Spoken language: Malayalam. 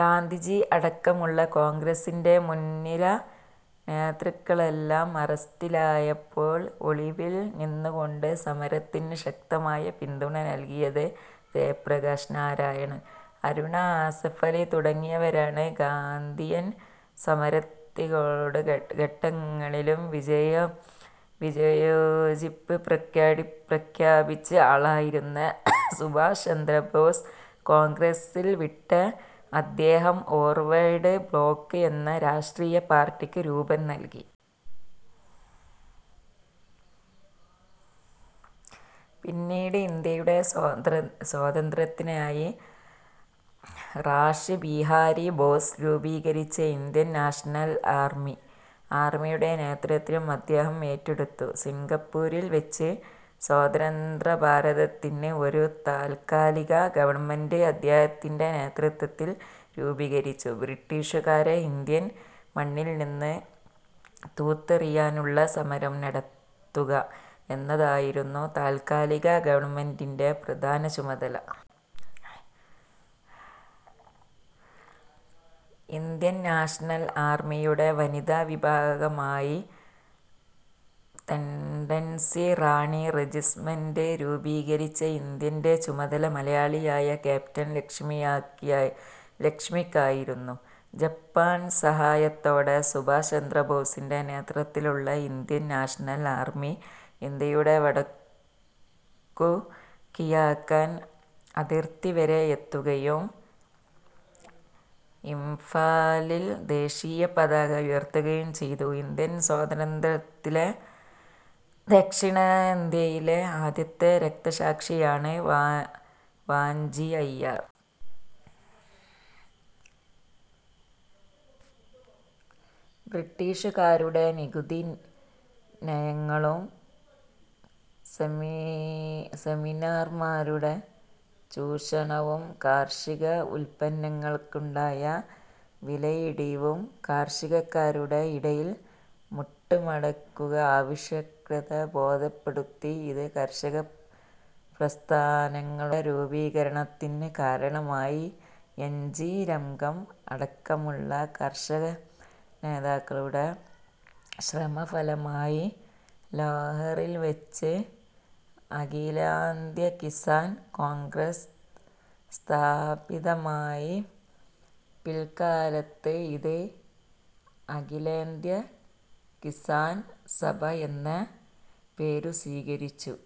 ഗാന്ധിജി അടക്കമുള്ള കോൺഗ്രസിന്റെ മുൻനിര നേന്ത്രക്കളെല്ലാം അറസ്റ്റിലായപ്പോൾ ഒളിവിൽ നിന്നുകൊണ്ട് സമരത്തിന് ശക്തമായ പിന്തുണ നൽകിയത് ജയപ്രകാശ് നാരായൺ, അരുണാ ആസഫലി തുടങ്ങിയവരാണ്. ഗാന്ധിയൻ സമരരീതികളോട് പലഘട്ടങ്ങളിലും വിയോജിപ്പ് പ്രകടിപ്പിച്ച ആളായിരുന്നു സുഭാഷ് ചന്ദ്രബോസ്. കോൺഗ്രസ് വിട്ട അദ്ദേഹം "ഫോർവേഡ് ബ്ലോക്ക്' എന്ന രാഷ്ട്രീയ പാർട്ടിക്ക് രൂപം നൽകി. പിന്നീട് ഇന്ത്യയുടെ സ്വാതന്ത്ര്യത്തിനായി റാഷ് ബിഹാരി ബോസ് രൂപീകരിച്ച "ഇന്ത്യൻ നാഷണൽ ആർമി' യുടെ നേതൃത്വം അദ്ദേഹം ഏറ്റെടുത്തു. സിംഗപ്പൂരിൽ വച്ച് സ്വതന്ത്രഭാരതത്തിന് ഒരു താൽക്കാലിക ഗവൺമെന്റ് അദ്ദേഹത്തിന്റെ നേതൃത്വത്തിൽ രൂപീകരിച്ചു. ബ്രിട്ടീഷുകാരെ ഇന്ത്യൻ മണ്ണിൽനിന്ന് തൂത്തെറിയാനുള്ള സമരം നടത്തുക എന്നതായിരുന്നു താൽക്കാലിക ഗവൺമെന്റിന്റെ പ്രധാന ചുമതല. ഇന്ത്യൻ നാഷണൽ ആർമിയുടെ വനിതാ വിഭാഗമായി ഝാൻസി റാണി റെജിമെന്റ് രൂപീകരിച്ചു. ഇതിന്റെ ചുമതല മലയാളിയായ ക്യാപ്റ്റൻ ലക്ഷ്മിക്കായിരുന്നു. ജപ്പാന്റെ സഹായത്തോടെ സുഭാഷ് ചന്ദ്രബോസിന്റെ നേതൃത്വത്തിലുള്ള ഇന്ത്യൻ നാഷണൽ ആർമി ഇന്ത്യയുടെ വടക്കുകിഴക്കൻ അതിർത്തി വരെ എത്തുകയും ഇംഫാലിൽ ദേശീയപതാക ഉയർത്തുകയും ചെയ്തു. ഇന്ത്യൻ സ്വാതന്ത്ര്യസമരത്തിലെ ദക്ഷിണേന്ത്യയിലെ ആദ്യത്തെ രക്തസാക്ഷിയാണ് വാഞ്ചി അയ്യർ. ബ്രിട്ടീഷുകാരുടെ നികുതി നയങ്ങളും സെമീന്ദാർമാരുടെ ചൂഷണവും കാർഷിക ഉൽപ്പന്നങ്ങൾക്കുണ്ടായ വിലയിടിവും കർഷകരുടെ ഇടയിൽ കൂട്ടായ്മയുടെ ആവശ്യകത ബോധ്യപ്പെടുത്തി. ഇത് കർഷകപ്രസ്ഥാനങ്ങളുടെ രൂപീകരണത്തിന് കാരണമായി. എൻ. ജി. രംഗ അടക്കമുള്ള കർഷകനേതാക്കളുടെ ശ്രമ ഫലമായി ലാഹോറിൽ വച്ച് അഖിലേന്ത്യാ കിസാൻ കോൺഗ്രസ് സ്ഥാപിതമായി. പിൽക്കാലത്ത് ഇത് അഖിലേന്ത്യ കിസാൻ സഭ എന്ന പേരു സ്വീകരി ച്ചു.